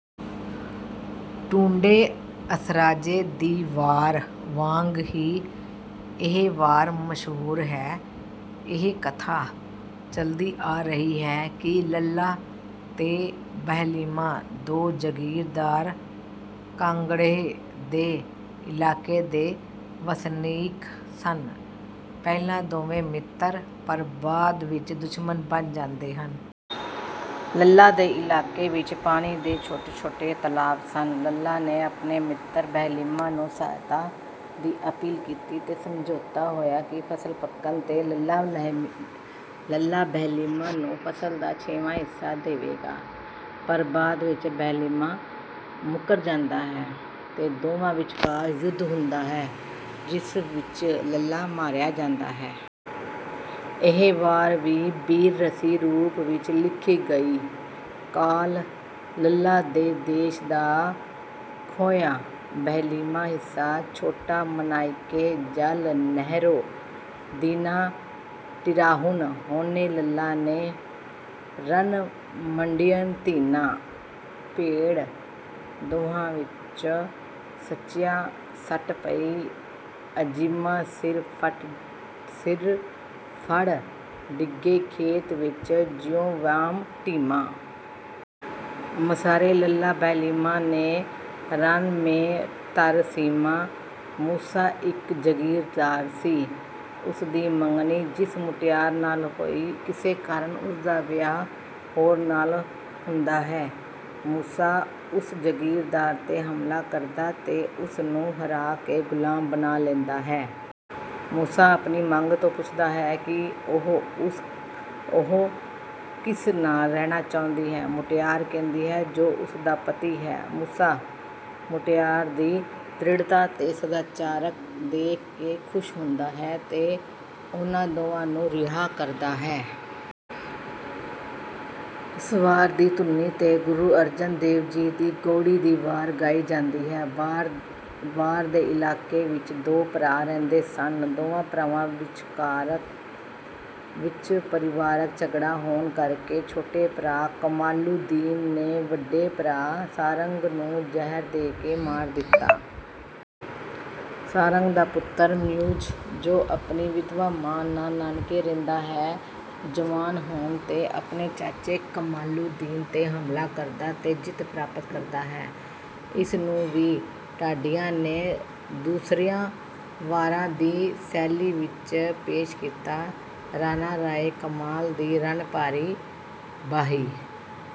ਟੁੰਡੇ ਅਸਰਾਜੇ ਦੀ ਵਾਰ ਵਾਂਗ ਹੀ ਇਹ ਵਾਰ ਮਸ਼ਹੂਰ ਹੈ। ਇਹ ਕਥਾ ਚਲਦੀ ਆ ਰਹੀ ਹੈ ਕਿ ਲੱਲਾ ਤੇ ਬਹਿਲੀਮਾ ਦੋ ਜਗੀਰਦਾਰ ਕਾਂਗੜੇ੍ਹ ਦੇ ਇਲਾਕੇ ਦੇ ਵਸਨੀਕ ਸਨ। ਪਹਿਲਾ ਦੋਵੇਂ ਮਿੱਤਰ ਪਰ ਬਾਅਦ ਵਿੱਚ ਦੁਸ਼ਮਣ ਬਣ ਜਾਂਦੇ ਹਨ। ਲੱਲਾ ਦੇ ਇਲਾਕੇ ਵਿੱਚ ਪਾਣੀ ਦੇ ਛੋਟੇ-ਛੋਟੇ ਤਲਾਬ ਸਨ। ਲੱਲਾ ਨੇ ਆਪਣੇ ਮਿੱਤਰ ਬਹਲੀਮਾ ਨੂੰ ਸਹਾਇਤਾ ਦੀ ਅਪੀਲ ਕੀਤੀ ਅਤੇ ਸਮਝੋਤਾ ਹੋਇਆ ਕਿ ਫਸਲ ਪੱਕਣ ਤੇ ਲੱਲਾ ਬਹਿਲੀਮਾ ਨੂੰ ਫਸਲ ਦਾ ਛੇਵਾਂ ਹਿੱਸਾ ਦੇਵੇਗਾ ਪਰ ਬਾਅਦ ਵਿੱਚ ਬਹਿਲੀਮਾ ਮੁ਼ੱਕਰ ਜਾਂਦਾ ਹੈ ਤੇ ਦੋਵਾਂ ਵਿਚਕਾਰ ਯੁੱਧ ਹੁੰਦਾ ਹੈ ,ਜਿਸ ਵਿੱਚ ਲੱਲਾ ਮਾਰਿਆ ਜਾਂਦਾ ਹੈ। ਇਹ ਵਾਰ ਵੀ ਬੀਰ ਰਸੀ ਰੂਪ ਵਿੱਚ ਲਿਖੀ ਗਈ। ਕਾਲ ਲੱਲਾ ਦੇ ਦੇਸ਼ ਦਾ ਖੋਹਿਆਂ ਬਹਿਲਮਾਹਿੱਸਾ ਛੋਟਾ ਮਨਾਇੱਕੈ, ਜਲ ਨਹਿਰੋਂ ਦੀਨਾਟਿਰਾਹੁਨ ਹੋਣੇ ਲੱਲਾ ਨੇ ਰਣ ਮੰਡਿਅ ਧੀਨਾ। ਭੇੜ ਦੋਹਾਂ ਵਿੱਚ ਸੱਚਿਆ ਸੱਟ ਪਈ ਅਜੀਮਾਂ, ਸਿਰ ਫੜ੍ਹ ਡਿੱਗੇ ਖੇਤ ਵਿੱਚ ਜਿਉਂ ਵਾਹਣ ਢੀਮਾਂ। ਮਸਾਰੇ ਲੱਲਾ ਬਹਿਲੀਮਾ ਨੇ ਰਣ ਮੇ ਧਰ ਸੀਮਾ। ਮੂਸਾ ਇੱਕ ਜਗੀਰਦਾਰ ਸੀ ਉਸ ਦੀ ਮੰਗਣੀ ਜਿਸ ਮੁਟਿਆਰ ਨਾਲ ਹੋਈ, ਕਿਸੇ ਕਾਰਨ ਉਸਦਾ ਵਿਆਹ ਹੋਰ ਨਾਲ ਹੁੰਦਾ ਹੈ। ਮੂਸਾ ਉਸ ਜਗੀਰਦਾਰ ਤੇ ਹਮਲਾ ਕਰਦਾ ਤੇ ਉਸਨੂੰ ਹਰਾ ਕੇ ਗੁਲਾਮ ਬਣਾ ਲੈਂਦਾ ਹੈ। ਮੂਸਾ ਆਪਣੀ ਮੰਗ ਤੋਂ ਪੁੱਛਦਾ ਹੈ ਕਿ ਉਹ ਕਿਸ ਨਾਲ ਰਹਿਣਾ ਚਾਹੁੰਦੀ ਹੈ। ਮੁਟਿਆਰ ਕਹਿੰਦੀ ਹੈ ਜੋ ਉਸ ਦਾ ਪਤੀ ਹੈ। ਮੂਸਾ ਮੁਟਿਆਰ ਦੀ ਦ੍ਰਿੜਤਾ ਤੇ ਸਦਾਚਾਰਕ ਦੇਖ ਕੇ ਖੁਸ਼ ਹੁੰਦਾ ਹੈ, ਤੇ ਉਹਨਾਂ ਦੋਵਾਂ ਨੂੰ ਰਿਹਾਅ ਕਰਦਾ ਹੈ। ਇਸ ਵਾਰ ਦੀ ਧੁਨੀ ਤੇ ਗੁਰੂ ਅਰਜਨ ਦੇਵ ਜੀ ਦੀ ਗਉੜ੍ਹੀ ਕੀ ਵਾਰ ਗਾਈ ਜਾਂਦੀ ਹੈ। ਬਾਰ ਦੇ ਇਲਾਕੇ ਵਿੱਚ ਦੋ ਭਰਾ ਰਹਿੰਦੇ ਸਨ। ਦੋਵਾਂ ਭਰਾਵਾਂ ਵਿੱਚ ਪਰਿਵਾਰਕ ਝਗੜ੍ਹਾ ਹੋਣ ਕਰਕੇ ਛੋਟੇ ਭਰਾ ਕਮਾਲੁਦੀਨ ਨੇ ਵੱਡੇ ਭਰਾ ਸਾਰੰਗ ਨੂੰ ਜ਼ਹਿਰ ਦੇ ਕੇ ਮਾਰ ਦਿੱਤਾ। ਸਾਰੰਗ ਦਾ ਪੁੱਤਰ ਮਉਜ਼ ਜੋ ਆਪਣੀ ਵਿਧਵਾ ਮਾਂ ਨਾਲ ਨਾਨਕੇ ਰਹਿੰਦਾ ਹੈ ਜਵਾਨ ਹੋਣ ਤੇ ਆਪਣੇ ਚਾਚੇ ਕਮਾਲੁਦੀਨ ਤੇ ਹਮਲਾ ਕਰਦਾ ਤੇ ਜਿੱਤ ਪ੍ਰਾਪਤ ਕਰਦਾ ਹੈ ਇਸਨੂੰ ਵੀ ਢਾਡੀਆਂ ਨੇ ਦੂਸਰੀਆਂ ਵਾਰਾ ਦੀ ਸੈਲੀ ਵਿੱਚ ਪੇਸ਼ ਕੀਤਾ, ਰਾਣਾ ਰਾਇ ਕਮਾਲ ਦੀ ਰਣ ਭਾਰੀ ਬਾਹੀ।